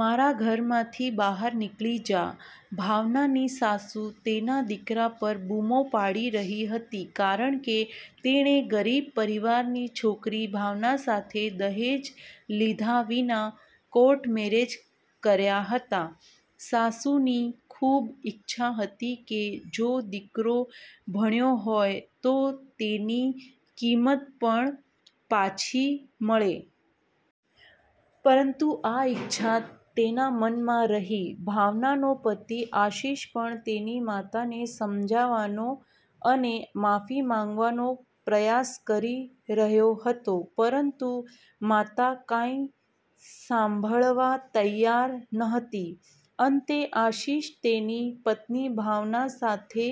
મારા ઘરમાંથી બહાર નિકળી જા, ભાવનાની સાસુ તેના દીકરા પર બૂમો પાડી રહી હતી કારણ કે તેણે ગરીબ પરિવારની છોકરી ભાવના સાથે દહેજ લીધા વિના કોર્ટ મેરેજ કર્યા હતા. સાસુની ખૂબ ઇચ્છા હતી કે જો દીકરો ભણ્યો હોય તો તેની કિંમત પણ પાછી મળે. પરંતુ આ ઇચ્છા તેના મનમાં રહી. ભાવનાનો પતિ આશિષ પણ તેની માતાને સમજાવવાનો અને માફી માંગવાનો પ્રયાસ કરી રહ્યો હતો, પરંતુ માતા કંઈ સાંભળવા તૈયાર નહોતી. અંતે, આશિષ તેની પત્ની ભાવના સાથે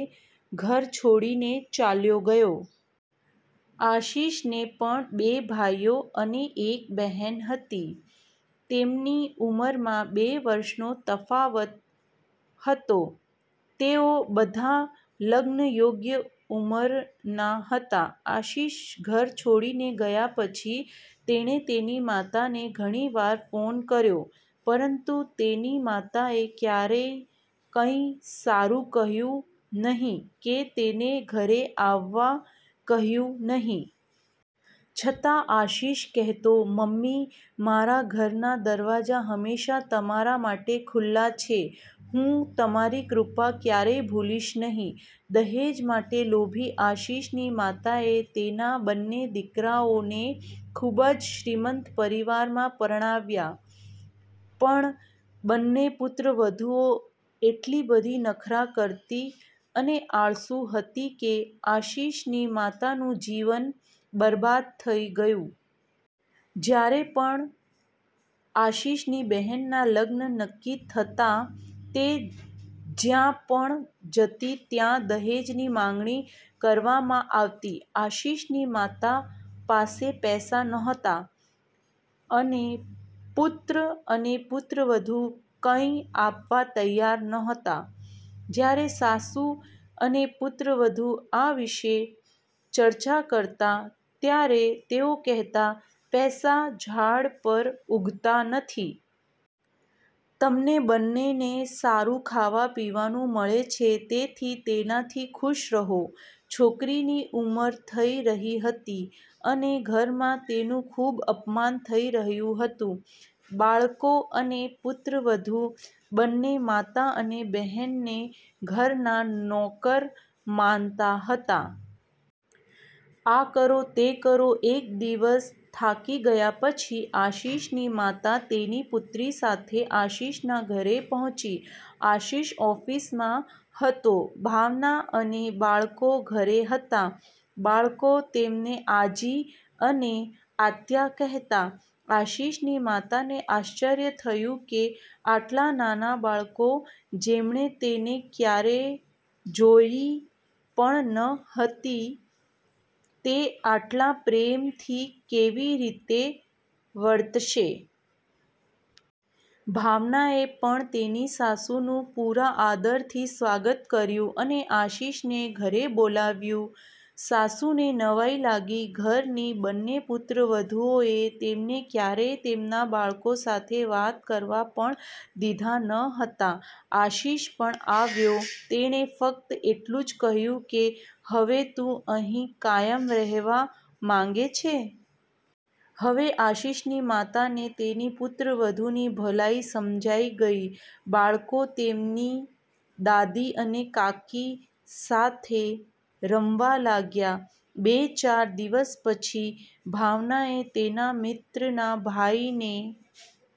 ઘર છોડીને ચાલ્યો ગયો. આશિષને પણ બે ભાઈઓ અને એક બહેન હતી. તેમની ઉંમરમાં બે વર્ષનો તફાવત હતો. તેઓ બધા લગ્નયોગ્ય ઉંમરના હતા. આશિષ ઘર છોડીને ગયા પછી, તેણે તેની માતાને ઘણી વાર ફોન કર્યો, પરંતુ તેની માતાએ ક્યારેય કંઈ સારું કહ્યું નહીં કે તેને ઘરે આવવા કહ્યું નહીં. છતાં, આશિષ કહેતો, મમ્મી, મારા ઘરના દરવાજા હંમેશા તમારા માટે ખુલ્લા છે. હું તમારી કૃપા ક્યારેય ભૂલીશ નહીં. દહેજ માટે લોભી આશિષની માતાએ તેના બંને દીકરાઓને ખૂબ જ શ્રીમંત પરિવારમાં પરણાવ્યા. પણ બંને પુત્રવધૂઓ એટલી બધી નખરાં કરતી અને આળસુ હતી કે આશિષની માતાનું જીવન બરબાદ થઈ ગયું. જ્યારે પણ આશિષની બહેનના લગ્ન નક્કી થતા, તે જ્યાં પણ જતી ત્યાં દહેજની માંગણી કરવામાં આવતી. આશિષની માતા પાસે પૈસા નહોતા, અને પુત્ર અને પુત્રવધૂ કંઈ આપવા તૈયાર નહોતા. જ્યારે સાસુ અને પુત્રવધૂ આ વિશે ચર્ચા કરતા, ત્યારે તેઓ કહેતા, પૈસા ઝાડ પર ઉગતા નથી. તમને બંનેને સારું ખાવા-પીવાનું મળે છે, તેથી તેનાથી ખુશ રહો! છોકરીની ઉમર થઈ રહી હતી અને ઘરમાં તેનું ખૂબ અપમાન થઈ રહ્યું હતું. બાળકો અને પુત્રવધૂ બંને માતા અને બહેનને ઘરના નોકરા માનતા હતા. આ કરો, તે કરો.. એક દિવસ, થાકી ગયા પછી, આશિષની માતા તેની પુત્રી સાથે આશિષના ઘરે પહોંચી. આશિષ ઓફિસમાં હતો. ભાવના અને બાળકો ઘરે હતા. બાળકો તેમને આજી અને આત્યા કહેતા. આશિષની માતાને આશ્ચર્ય થયું કે આટલા નાના બાળકો, જેમણે તેને ક્યારેય જોઈ પણ ન હતી, તે આટલા પ્રેમથી કેવી રીતે વર્તશે? ભાવનાએ પણ તેની સાસુનું પૂરા આદરથી સ્વાગત કર્યું અને આશિષને ઘરે બોલાવ્યું. સાસુને નવાઈ લાગી; ઘરની બંને પુત્રવધૂઓએ તેમને ક્યારેય તેમના બાળકો સાથે વાત કરવા પણ દીધા ન હતા. આશિષ પણ આવ્યો. તેણે ફક્ત એટલું જ કહ્યું કે હવે તું અહીં કાયમ રહેવા માંગે છે. હવે આશિષની માતાને તેની પુત્રવધૂની ભલાઈ સમજાઈ ગઈ. બાળકો તેમની દાદી અને કાકી સાથે રમવા લાગ્યા. બે-ચાર દિવસ પછી, ભાવનાએ તેના મિત્રના ભાઈને